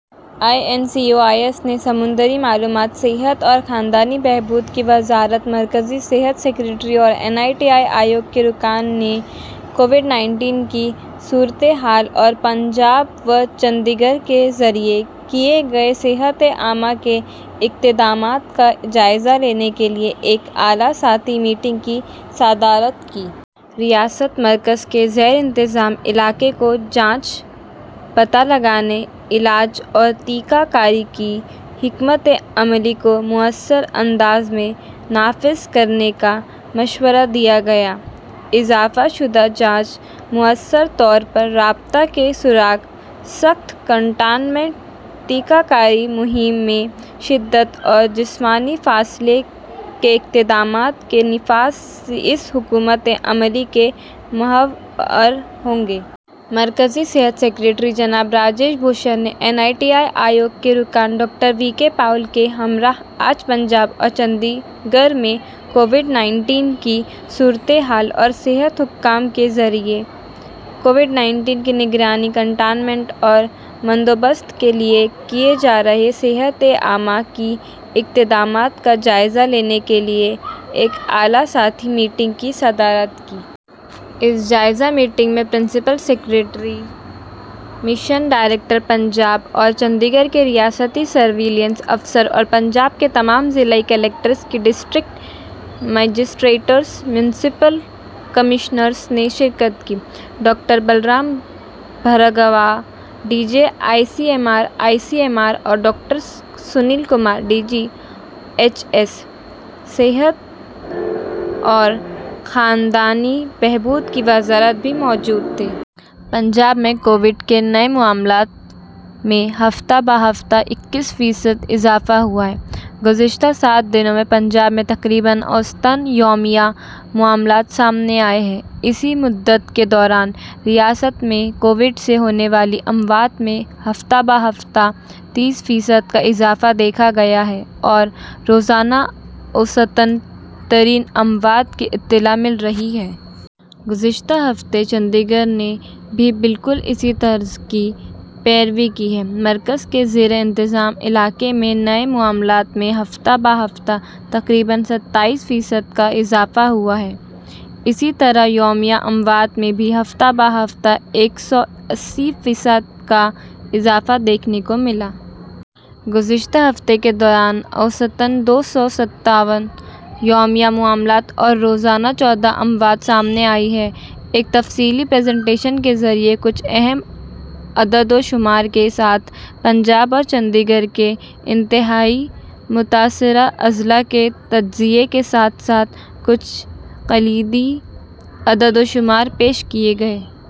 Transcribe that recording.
I N C O I S نے سمندری معلومات... صحت اور خاندانی بہبود کی وزارت مرکزی صحت سکریٹری اور نیتی آیوگ کے رکن نے کووڈ-انیس کی صورتحال اور پنجاب و چندی گڑھ کے ذریعے کیے گئے صحتِ عامہ کے اقدامات کا جائزہ لینے کے لیے ایک اعلیٰ سطحی میٹنگ کی صدارت کی۔ ریاست/مرکز کے زیرِ انتظام علاقے کو ’’جانچ، پتہ لگانے، علاج اور ٹیکہ کاری‘‘ کی حکمتِ عملی کو مؤثر انداز میں نافذ کرنے کا مشورہ دیا گیا۔ اضافہ شدہ جانچ، مؤثر طور پر رابطے کا سراغ، سخت کنٹینمنٹ، ٹیکہ کاری مہم میں شدت اور جسمانی فاصلے کے اقدامات کا نفاذ اس حکمتِ عملی کے محور ہوں گے۔ مرکزی صحت سکریٹری جناب راجیش بھوشن نے نیتی آیوگ کے رکن ڈاکٹر وی کے پال کے ہمراہ آج پنجاب اور چنڈی گڑھ میں کووڈ-انیس کی صورتحال اور صحت حکام کے ذریعے کووڈ-انیس کی نگرانی، کنٹینمنٹ اور بندوبست کے لیے کیے جا رہے صحتِ عامہ کے اقدامات کا جائزہ لینے کے لیے ایک اعلیٰ سطحی میٹنگ کی صدارت کی۔ اس جائزہ میٹنگ میں principal secretary, mission director, Punjab اور چنڈی گڑھ کے ریاستی سرویلنس افسر اور پنجاب کے تمام ضلعی کلکٹرز/ڈسٹرکٹ مجسٹریٹس/میونسپل کمشنرز نے شرکت کی۔ Doctor Balram Bhargava, D G, I C M R اور doctor Sunil Kumar, D G H S, صحت و خاندانی بہبود کی وزارت بھی موجود تھے۔ پنجاب میں کووڈ کے نئے معاملات میں ہفتہ بہ ہفتہ اکیس فیصد اضافہ ہوا ہے۔ گزشتہ سات دنوں میں پنجاب میں تقریباً اوسطاً یومیہ معاملات سامنے آئے ہیں۔ اسی مدت کے دوران ریاست میں کووڈ سے ہونے والی اموات میں ہفتہ بہ ہفتہ تیس فیصد کا اضافہ دیکھا گیا ہے اور روزانہ اوسطاً ترپن اموات کی اطلاع مل رہی ہے۔ گزشتہ ہفتے چنڈی گڑھ نے بھی بالکل اسی طرز کی پیروی کی ہے۔ مرکز کے زیرِ انتظام علاقے میں نئے معاملات میں ہفتہ بہ ہفتہ تقریباً ستائیس فیصد کا اضافہ ہوا ہے۔ اسی طرح یومیہ اموات میں بھی ہفتہ بہ ہفتہ ایک سو اسی فیصد کا اضافہ دیکھنے کو ملا ہے۔ گزشتہ ہفتے کے دوران اوسطاً دو سو ستاون یومیہ معاملات اور روزانہ چودہ اموات سامنے آئی ہیں۔ ایک تفصیلی پریزنٹیشن کے ذریعے کچھ اہم اعداد و شمار کے ساتھ پنجاب اور چندی گڑھ کے انتہائی متاثرہ اضلاع کے تجزیے کے ساتھ ساتھ کچھ کلیدی اعداد و شمار پیش کیے گئے۔